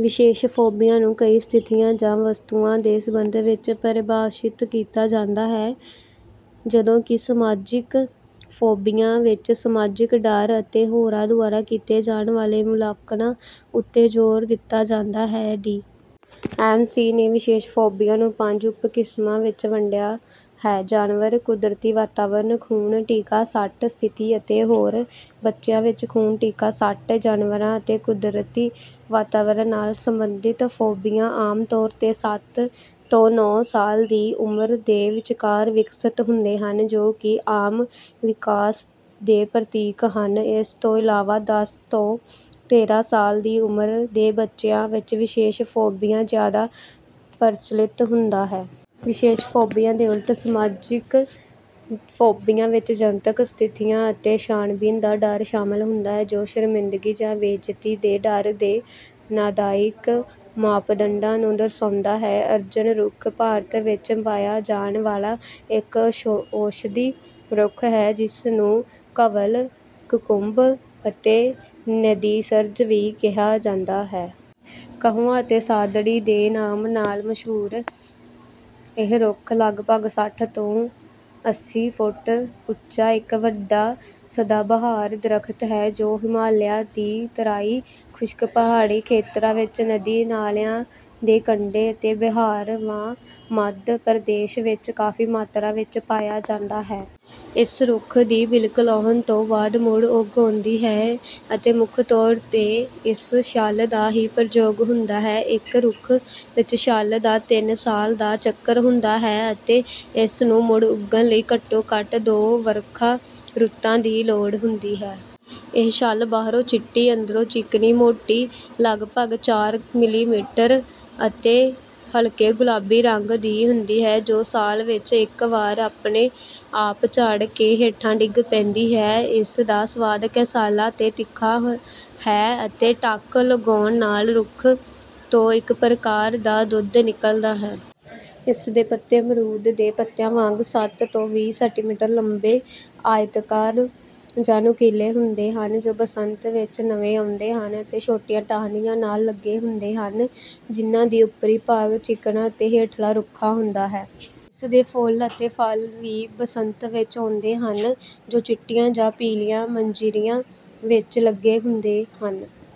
ਵਿਸ਼ੇਸ਼ ਫੋਬੀਆ ਨੂੰ ਕਈ ਸਥਿਤੀਆਂ ਜਾਂ ਵਸਤੂਆਂ ਦੇ ਸਬੰਧ ਵਿੱਚ ਪਰਿਭਾਸ਼ਿਤ ਕੀਤਾ ਜਾਂਦਾ ਹੈ, ਜਦੋਂ ਕਿ ਸਮਾਜਿਕ ਫੋਬੀਆ ਵਿੱਚ ਸਮਾਜਿਕ ਡਰ ਅਤੇ ਹੋਰਾਂ ਦੁਆਰਾ ਕੀਤੇ ਜਾਣ ਵਾਲੇ ਮੁਲਾਂਕਣਾਂ ਉੱਤੇ ਜ਼ੋਰ ਦਿੱਤਾ ਜਾਂਦਾ ਹੈ। ਡੀ ਐਮ ਸੀ ਨੇ ਵਿਸ਼ੇਸ਼ ਫੋਬੀਆ ਨੂੰ ਪੰਜ ਉਪ-ਕਿਸਮਾਂ ਵਿੱਚ ਵੰਡਿਆ ਹੈ: ਜਾਨਵਰ, ਕੁਦਰਤੀ ਵਾਤਾਵਰਣ, ਖੂਨ-ਟੀਕਾ-ਸੱਟ, ਸਥਿਤੀ ਅਤੇ ਹੋਰ। ਬੱਚਿਆਂ ਵਿੱਚ ਖੂਨ-ਟੀਕਾ-ਸੱਟ, ਜਾਨਵਰਾਂ ਅਤੇ ਕੁਦਰਤੀ ਵਾਤਾਵਰਣ ਨਾਲ ਸੰਬੰਧਿਤ ਫੋਬੀਆ ਆਮ ਤੌਰ 'ਤੇ ਸੱਤ ਤੋਂ ਨੌਂ ਸਾਲ ਦੀ ਉਮਰ ਦੇ ਵਿਚਕਾਰ ਵਿਕਸਤ ਹੁੰਦੇ ਹਨ, ਜੋ ਕਿ ਆਮ ਵਿਕਾਸ ਦੇ ਪ੍ਰਤੀਕ ਹਨ; ਇਸ ਤੋਂ ਇਲਾਵਾ, ਦਸ ਤੋਂ ਤੇਰਾਂ ਸਾਲ ਦੀ ਉਮਰ ਦੇ ਬੱਚਿਆਂ ਵਿੱਚ ਵਿਸ਼ੇਸ਼ ਫੋਬੀਆ ਜ਼ਿਆਦਾ ਪ੍ਰਚਲਿਤ ਹੁੰਦਾ ਹੈ। ਵਿਸ਼ੇਸ਼ ਫੋਬੀਆ ਦੇ ਉਲਟ, ਸਮਾਜਿਕ ਫੋਬੀਆ ਵਿੱਚ ਜਨਤਕ ਸਥਿਤੀਆਂ ਅਤੇ ਛਾਣਬੀਣ ਦਾ ਡਰ ਸ਼ਾਮਲ ਹੁੰਦਾ ਹੈ, ਜੋ ਸ਼ਰਮਿੰਦਗੀ ਜਾਂ ਬੇਇੱਜ਼ਤੀ ਦੇ ਡਰ ਦੇ ਨਿਦਾਨਿਕ ਮਾਪਦੰਡਾਂ ਨੂੰ ਦਰਸਾਉਂਦਾ ਹੈ। ਅਰਜੁਨ ਰੁੱਖ ਭਾਰਤ ਵਿੱਚ ਪਾਇਆ ਜਾਣ ਵਾਲਾ ਇੱਕ ਔਸ਼ਧੀ ਰੁੱਖ ਹੈ, ਜਿਸਨੂੰ ਘਵਲ, ਕਕੁਭ ਅਤੇ ਨਦੀਸਰਜ ਵੀ ਕਿਹਾ ਜਾਂਦਾ ਹੈ। ਕਹੁਆ ਅਤੇ ਸਾਦੜੀ ਦੇ ਨਾਮ ਨਾਲ ਮਸ਼ਹੂਰ ਇਹ ਰੁੱਖ ਲਗਭਗ ਸੱਠ ਤੋਂ ਅੱਸੀਂ ਫੁੱਟ ਉੱਚਾ ਇੱਕ ਵੱਡਾ ਸਦਾਬਹਾਰ ਦਰਖਤ ਹੈ, ਜੋ ਹਿਮਾਲਿਆ ਦੀ ਤਰਾਈ, ਖੁਸ਼ਕ ਪਹਾੜੀ ਖੇਤਰਾਂ ਵਿੱਚ ਨਦੀ-ਨਾਲਿਆਂ ਦੇ ਕੰਢੇ ਅਤੇ ਬਿਹਾਰ ਵਾ ਮੱਧ ਪ੍ਰਦੇਸ਼ ਵਿੱਚ ਕਾਫ਼ੀ ਮਾਤਰਾ ਵਿੱਚ ਪਾਇਆ ਜਾਂਦਾ ਹੈ। ਇਸ ਰੁੱਖ ਦੀ ਬਿਲਕ ਲਾਹੁਣ ਤੋਂ ਬਾਅਦ ਮੁੜ ਉੱਗ ਆਉਂਦੀ ਹੈ ਅਤੇ ਮੁੱਖ ਤੌਰ 'ਤੇ ਇਸ ਦੀ ਛੱਲ ਦਾ ਹੀ ਪ੍ਰਯੋਗ ਹੁੰਦਾ ਹੈ; ਇੱਕ ਰੁੱਖ ਵਿੱਚ ਛੱਲ ਦਾ ਤਿੰਨ ਸਾਲ ਦਾ ਚੱਕਰ ਹੁੰਦਾ ਹੈ ਅਤੇ ਇਸਨੂੰ ਮੁੜ ਉੱਗਣ ਲਈ ਘੱਟੋ-ਘੱਟ ਦੋ ਵਰਖਾ ਰੁੱਤਾਂ ਦੀ ਲੋੜ ਹੁੰਦੀ ਹੈ। ਇਹ ਛੱਲ ਬਾਹਰੋਂ ਚਿੱਟੀ, ਅੰਦਰੋਂ ਚਿਕਨੀ, ਮੋਟੀ ਲਗਭਗਚਾਰਮਿਲੀਮੀਟਰ ਅਤੇ ਹਲਕੇ ਗੁਲਾਬੀ ਰੰਗ ਦੀ ਹੁੰਦੀ ਹੈ, ਜੋ ਸਾਲ ਵਿੱਚ ਇੱਕ ਵਾਰ ਆਪਣੇ ਆਪ ਝੜ ਕੇ ਹੇਠਾਂ ਡਿੱਗ ਪੈਂਦੀ ਹੈ। ਇਸ ਦਾ ਸਵਾਦ ਕਸੈਲਾ ਤੇ ਤਿੱਖਾ ਹੁੰਦਾ ਹੈ ਅਤੇ ਟੱਕ ਲਗਾਉਣ ਨਾਲ ਰੁੱਖ ਤੋਂ ਇੱਕ ਪ੍ਰਕਾਰ ਦਾ ਦੁੱਧ ਨਿਕਲਦਾ ਹੈ। ਇਸ ਦੇ ਪੱਤੇ ਅਮਰੂਦ ਦੇ ਪੱਤਿਆਂ ਵਾਂਗ ਸੱਤ ਤੋਂ ਵੀਹ ਸੈਂਟੀਮੀਟਰ ਲੰਬੇ ਆਇਤਾਕਾਰ ਜਾਂ ਨੁਕੀਲੇ ਹੁੰਦੇ ਹਨ, ਜੋ ਬਸੰਤ ਵਿੱਚ ਨਵੇਂ ਆਉਂਦੇ ਹਨ ਅਤੇ ਛੋਟੀਆਂ ਟਾਹਣੀਆਂ ਨਾਲ ਲੱਗੇ ਹੁੰਦੇ ਹਨ; ਜਿਨ੍ਹਾਂ ਦਾ ਉੱਪਰੀ ਭਾਗ ਚਿਕਨਾ ਅਤੇ ਹੇਠਲਾ ਰੁੱਖਾ ਹੁੰਦਾ ਹੈ। ਇਸ ਦੇ ਫੁੱਲ ਅਤੇ ਫਲ ਵੀ ਬਸੰਤ ਵਿੱਚ ਆਉਂਦੇ ਹਨ, ਜੋ ਚਿੱਟੀਆਂ ਜਾਂ ਪੀਲੀਆਂ ਮੰਜਰੀਆਂ ਵਿੱਚ ਲੱਗੇ ਹੁੰਦੇ ਹਨ।